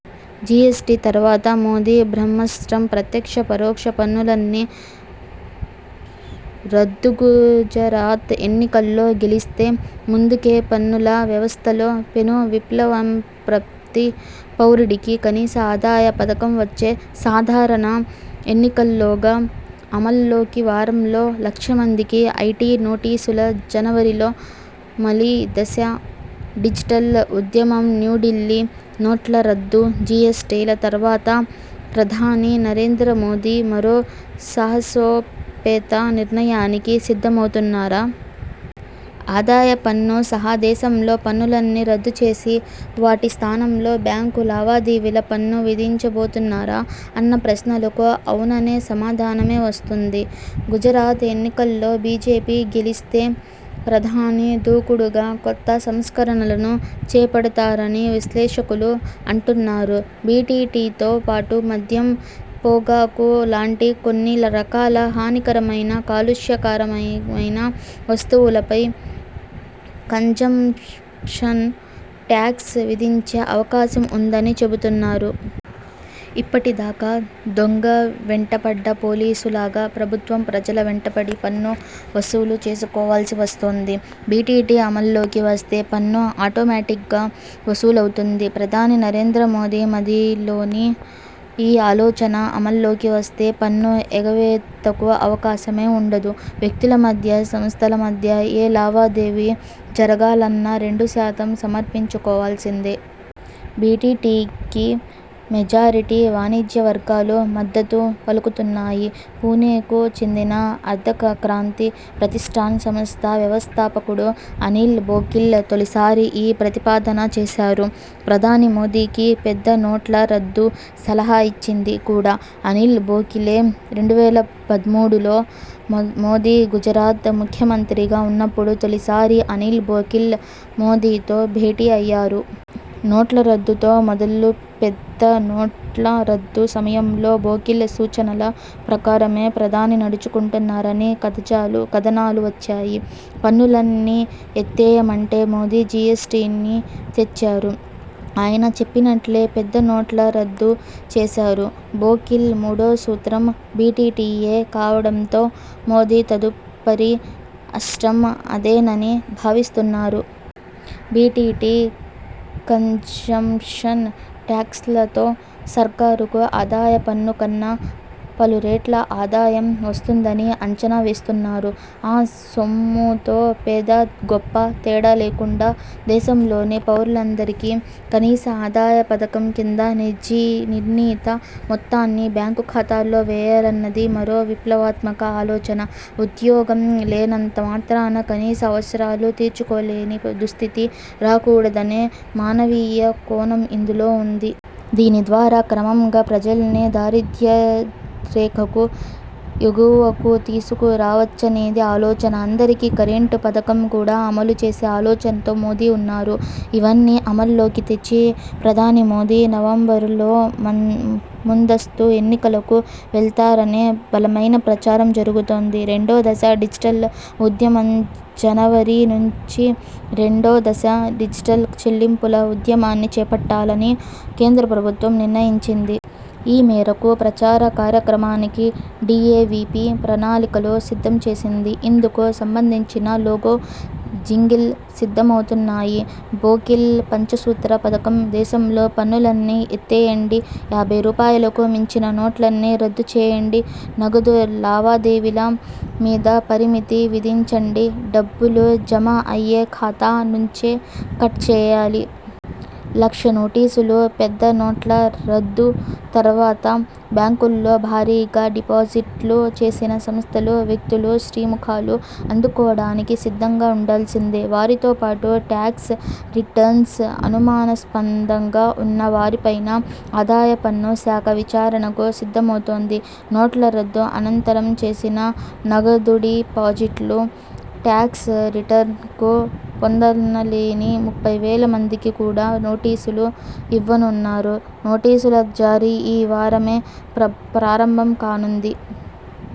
GST తర్వాత మోదీ బ్రహ్మాస్త్రం.. ప్రత్యక్ష, పరోక్ష పన్నులన్నీ రద్దుగుజరాత్ ఎన్నికల్లో గెలిస్తే ముందుకేపన్నుల వ్యవస్థలో పెను విప్లవంప్రతీ పౌరుడికి కనీస ఆదాయ పథకంవచ్చే సాధారణ ఎన్నికల్లోగా అమల్లోకివారంలో లక్ష మందికి ఐటీ నోటీసులుజనవరిలో మలి దశ డిజిటల్ ఉద్యమంన్యూఢిల్లీ: నోట్ల రద్దు, జీఎస్టీల తర్వాత ప్రధాని నరేంద్ర మోదీ మరో సాహసోపేత నిర్ణయానికి సిద్ధమవుతున్నారా? ఆదాయ పన్ను సహా దేశంలో పన్నులన్నీ రద్దుచేసి వాటి స్థానంలో బ్యాంకు లావాదేవీల పన్ను విధించబోతున్నారా? అన్న ప్రశ్నలకు అవుననే సమాధానమే వస్తోంది. గుజరాత్ ఎన్నికల్లో బీజేపీ గెలిస్తే ప్రధాని దూకుడుగా కొత్త సంస్కరణలను చేపడతారని విశ్లేషకులు అంటున్నారు. బీటీటీతో పాటు మద్యం, పొగాకు లాంటి కొన్ని రకాల హానికరమైన, కాలుష్యకారకమైన వస్తువులపై కన్జంప్షన్ ట్యాక్స్ విధించే అవకాశం ఉందని చెబుతున్నారు. ఇప్పటిదాకా దొంగ వెంటపడ్డ పోలీసులాగా ప్రభుత్వం ప్రజల వెంటపడి పన్ను వసూలు చేసుకోవాల్సి వస్తోంది. బీటీటీ అమల్లోకి వస్తే పన్ను ఆటోమాటిక్గా వసూలవుతుంది. ప్రధాని నరేంద్ర మోదీ మదిలోని ఈ ఆలోచన అమల్లోకి వస్తే పన్ను ఎగవేతకు అవకాశమే ఉండదు. వ్యక్తుల మధ్య, సంస్థల మధ్య ఏ లావాదేవీ జరగాలన్నా రెండు శాతం సమర్పించుకోవాల్సిందే. బీటీటీకి మెజారిటీ వాణిజ్య వర్గాలు మద్దతు పలుకుతున్నాయి. పుణేకు చెందిన అర్ధక్రాంతి ప్రతిష్ఠాన్ సంస్థ వ్యవస్థాపకుడు అనిల్ బోకిల్ తొలిసారి ఈ ప్రతిపాదన చేశారు. ప్రధాని మోదీకి పెద్ద నోట్ల రద్దు సలహా ఇచ్చింది కూడా అనిల్ బోకిలే. రెండు వేల పదమూడు లో మోదీ గుజరాత్ ముఖ్యమంత్రిగా ఉన్నపుడు తొలిసారి అనిల్ బోకిల్ మోదీతో భేటీ అయ్యారు. నోట్ల రద్దుతో మొదలుపెద్ద నోట్ల రద్దు సమయంలో బోకిల్ సూచనల ప్రకారమే ప్రధాని నడుచుకుంటున్నారని కాథచాలు కథనాలు వచ్చాయి. పన్నులన్నీ ఎత్తేయమంటే మోదీ జీఎస్టీని తెచ్చారు. ఆయన చెప్పినట్లే పెద్ద నోట్ల రద్దు చేశారు. బోకిల్ మూడో సూత్రం బీటీటీయే కావడంతో మోదీ తదుపరి అస్త్రం అదేనని భావిస్తున్నారు. బీటీటీ, కన్జంప్షన్ ట్యాక్స్లతో సర్కారుకు ఆదాయ పన్ను కన్నా పలురెట్ల ఆదాయం వస్తుందని అంచనా వేస్తున్నారు. ఆ సొమ్ముతో పేదా, గొప్పా తేడా లేకుండా దేశంలోని పౌరులందరికీ కనీస ఆదాయ పథకం కింద నిర్ణీత మొత్తాన్ని బ్యాంకు ఖాతాలో వేయాలన్నది మరో విప్లవాత్మక ఆలోచన. ఉద్యోగం లేనంత మాత్రాన కనీస అవసరాలు తీర్చుకోలేని దుస్థితి రాకూడదనే మానవీయ కోణం ఇందులో ఉంది. దీనిద్వారా క్రమంగా ప్రజల్ని దారిద్య్రరేఖకు ఎగువకుతీసుకు రావచ్చనేది ఆలోచన. అందరికీ కరెంటు పథకం కూడా అమలు చేసే ఆలోచనలో మోదీ ఉన్నారు. ఇవన్నీ అమల్లోకి తెచ్చి ప్రధాని మోదీ నవంబరులోముందస్తు ఎన్నికలకు వెళ్తారనే బలమైన ప్రచారం జరుగుతోంది. రెండో దశ డిజిటల్ ఉద్యమంజనవరి నుంచి రెండో దశ డిజిటల్ చెల్లింపుల ఉద్యమాన్ని చేట్టాలని కేంద్ర ప్రభుత్వం నిర్ణయించింది. ఈ మేరకు ప్రచార కార్యక్రమానికి డీఏవీపీ ప్రణాళికలు సిద్ధం చేసింది. ఇందుకు సంబంధించిన లోగో, జింగిల్ సిద్ధమవుతున్నాయి. బోకిల్ పంచసూత్ర పథకం దేశంలో పన్నులన్నీ ఎత్తేయండి. యాబ్భై రూపాయలకు మించిన నోట్లన్నీ రద్దు చేయండి నగదు లావాదేవీల మీద పరిమితి విధించండి. డబ్బులు జమ అయ్యే ఖాతా నుంచే కట్ చేయాలి. లక్ష నోటీసులుపెద్ద నోట్ల రద్దు తర్వాత బ్యాంకుల్లో భారీగా డిపాజిట్లు చేసిన సంస్థలు, వ్యక్తులు శ్రీముఖాలు అందుకోవడానికి సిద్ధంగా ఉండాల్సిందే. వారితోపాటు ట్యాక్స్ రిటర్న్స్ అనుమానాస్పందంగా ఉన్న వారిపైనా ఆదాయ పన్ను శాఖ విచారణకు సిద్ధమవుతోంది. నోట్ల రద్దు అనంతరం చేసిన నగదుడిపాజిట్లు, ట్యాక్స్ రిటర్న్స్కు పొంతనలేని ముప్పై వేల వేల మందికి కూడా నోటీసులు ఇవ్వనున్నారు. నోటీసుల జారీ ఈ వారమే ప్రారంభం కానుంది.